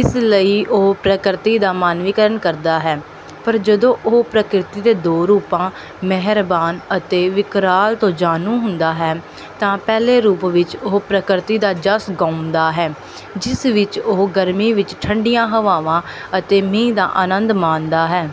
ਇਸ ਲਈ ਉਹ ਪ੍ਰਕਿਰਤੀ ਦਾ ਮਾਨਵੀਕਰਨ ਕਰਦਾ ਹੈ। ਪਰ ਜਦੋਂ ਉਹ ਪ੍ਰਕਿਰਤੀ ਦੇ ਦੋ ਰੂਪਾਂ ਮਿਹਰਬਾਨ ਅਤੇ ਵਿਕਰਾਲ ਤੋਂ ਜਾਣੂ ਹੁੰਦਾ ਹੈ, ਤਾਂ ਪਹਿਲੇ ਰੂਪ ਵਿੱਚ ਉਹ ਪ੍ਰਕਿਰਤੀ ਦਾ ਜਸ ਗਾਉਂਦਾ ਹੈ, ਜਿਸ ਵਿੱਚ ਉਹ ਗਰਮੀ ਵਿੱਚ ਠੰਢੀਆਂ ਹਵਾਵਾਂ ਅਤੇ ਮੀਂਹ ਦਾ ਆਨੰਦ ਮਾਣਦਾ ਹੈ।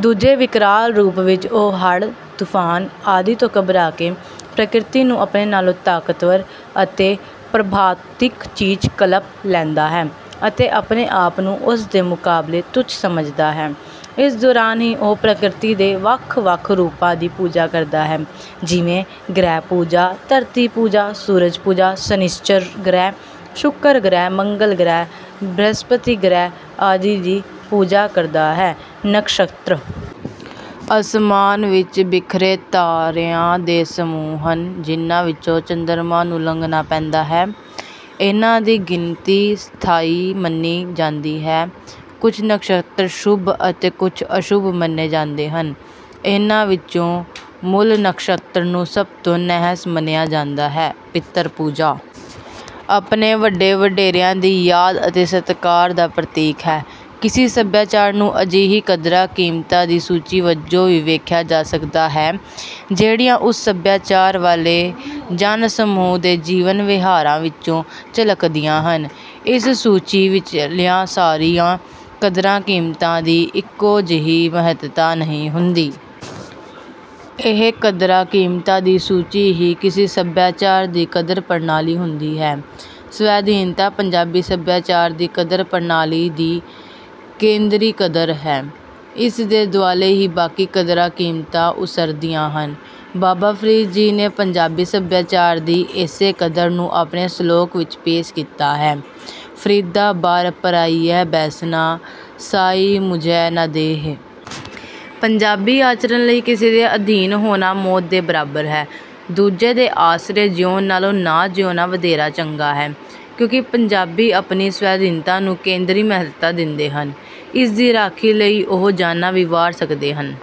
ਦੂਜੇ, ਵਿਕਰਾਲ ਰੂਪ ਵਿੱਚ ਉਹ ਹੜ੍ਹ, ਤੂਫ਼ਾਨ ਆਦਿ ਤੋਂ ਘਬਰਾ ਕੇ ਪ੍ਰਕਿਰਤੀ ਨੂੰ ਆਪਣੇ ਨਾਲੋਂ ਤਾਕਤਵਰ ਅਤੇ ਪਰਾਭੌਤਿਕ ਚੀਜ਼ ਕਲਪ ਲੈਂਦਾ ਹੈ ਅਤੇ ਆਪਣੇ ਆਪ ਨੂੰ ਉਸ ਦੇ ਮੁਕਾਬਲੇ ਤੁੱਛ ਸਮਝਦਾ ਹੈ। ਇਸ ਦੌਰਾਨ ਹੀ ਉਹ ਪ੍ਰਕਿਰਤੀ ਦੇ ਵੱਖ-ਵੱਖ ਰੂਪਾਂ ਦੀ ਪੂਜਾ ਕਰਦਾ ਹੈ, ਜਿਵੇਂ—ਗ੍ਰਹਿ-ਪੂਜਾ, ਧਰਤੀ-ਪੂਜਾ, ਸੂਰਜ-ਦੇਵਤਾ, ਸ਼ਨਿਚਰ ਗ੍ਰਹਿ, ਸ਼ੁੱਕਰ ਗ੍ਰਹਿ, ਮੰਗਲ ਗ੍ਰਹਿ, ਬ੍ਰਹਿਸਪਤੀ ਗ੍ਰਹਿ ਆਦਿ ਦੀ ਪੂਜਾ ਕਰਦਾ ਹੈ। ਨਕਸ਼ਤਰ ਅਸਮਾਨ ਵਿੱਚ ਬਿਖਰੇ ਤਾਰਿਆਂ ਦੇ ਸਮੂਹ ਹਨ, ਜਿਨ੍ਹਾਂ ਵਿੱਚੋਂ ਚੰਦਰਮਾ ਨੂੰ ਲੰਘਣਾ ਪੈਂਦਾ ਹੈ। ਇਨ੍ਹਾਂ ਦੀ ਗਿਣਤੀ ਸਥਾਈ ਮੰਨੀ ਜਾਂਦੀ ਹੈ। ਕੁਝ ਨਕਸ਼ਤਰ ਸ਼ੁਭ ਅਤੇ ਕੁਝ ਅਸ਼ੁਭ ਮੰਨੇ ਜਾਂਦੇ ਹਨ। ਇਨ੍ਹਾਂ ਵਿੱਚੋਂ ਮੂਲ ਨਕਸ਼ਤਰ ਨੂੰ ਸਭ ਤੋਂ ਨਹਿਸ ਮੰਨਿਆ ਜਾਂਦਾ ਹੈ। ਪਿਤਰ-ਪੂਜਾ ਆਪਣੇ ਵੱਡੇ-ਵਡੇਰਿਆਂ ਦੀ ਯਾਦ ਅਤੇ ਸਤਿਕਾਰ ਦਾ ਪ੍ਰਤੀਕ ਹੈ। ਕਿਸੇ ਸਭਿਆਚਾਰ ਨੂੰ ਅਜਿਹੀਆਂ ਕਦਰਾਂ-ਕੀਮਤਾਂ ਦੀ ਸੂਚੀ ਵਜੋਂ ਵੀ ਦੇਖਿਆ ਜਾ ਸਕਦਾ ਹੈ, ਜਿਹੜੀਆਂ ਉਸ ਸਭਿਆਚਾਰ ਵਾਲੇ ਜਨ-ਸਮੂਹ ਦੇ ਜੀਵਨ-ਵਿਹਾਰ ਵਿੱਚੋਂ ਝਲਕਦੀਆਂ ਹਨ। ਇਸ ਸੂਚੀ ਵਿੱਚਲੀਆਂ ਸਾਰੀਆਂ ਕਦਰਾਂ-ਕੀਮਤਾਂ ਦੀ ਇੱਕੋ ਜਿਹੀ ਮਹੱਤਤਾ ਨਹੀਂ ਹੁੰਦੀ। ਇਹ ਕਦਰਾਂ-ਕੀਮਤਾਂ ਦੀ ਸੂਚੀ ਹੀ ਕਿਸੇ ਸਭਿਆਚਾਰ ਦੀ ਕਦਰ-ਪ੍ਰਣਾਲੀ ਹੁੰਦੀ ਹੈ। ਸਵੈਧੀਨਤਾ ਪੰਜਾਬੀ ਸਭਿਆਚਾਰ ਦੀ ਕਦਰ-ਪ੍ਰਣਾਲੀ ਦੀ ਕੇਂਦਰੀ ਕਦਰ ਹੈ। ਇਸ ਦੇ ਦੁਆਲੇ ਹੀ ਬਾਕੀ ਕਦਰਾਂ-ਕੀਮਤਾਂ ਉਸਰਦੀਆਂ ਹਨ। ਬਾਬਾ ਫ਼ਰੀਦ ਜੀ ਨੇ ਪੰਜਾਬੀ ਸਭਿਆਚਾਰ ਦੀ ਇਸੇ ਕਦਰ ਨੂੰ ਆਪਣੇ ਸਲੋਕ ਵਿੱਚ ਪੇਸ਼ ਕੀਤਾ ਹੈ ਫਰੀਦਾ ਬਾਰਿ ਪਰਾਇਐ ਬੈਸਣਾ, ਸਾਈਂ ਮੁਝੈ ਨ ਦੇਹਿ। ਪੰਜਾਬੀ ਆਚਰਨ ਲਈ ਕਿਸੇ ਦੇ ਅਧੀਨ ਹੋਣਾ ਮੌਤ ਦੇ ਬਰਾਬਰ ਹੈ। ਦੂਜੇ ਦੇ ਆਸਰੇ ਜੀਊਣ ਨਾਲੋਂ ਨਾ ਜੀਊਣਾ ਵਧੇਰੇ ਚੰਗਾ ਹੈ, ਕਿਉਂਕਿ ਪੰਜਾਬੀ ਆਪਣੀ ਸਵੈਧੀਨਤਾ ਨੂੰ ਕੇਂਦਰੀ ਮਹੱਤਤਾ ਦਿੰਦੇ ਹਨ। ਇਸ ਦੀ ਰਾਖੀ ਲਈ ਉਹ ਜਾਨਾਂ ਵੀ ਵਾਰ ਸਕਦੇ ਹਨ।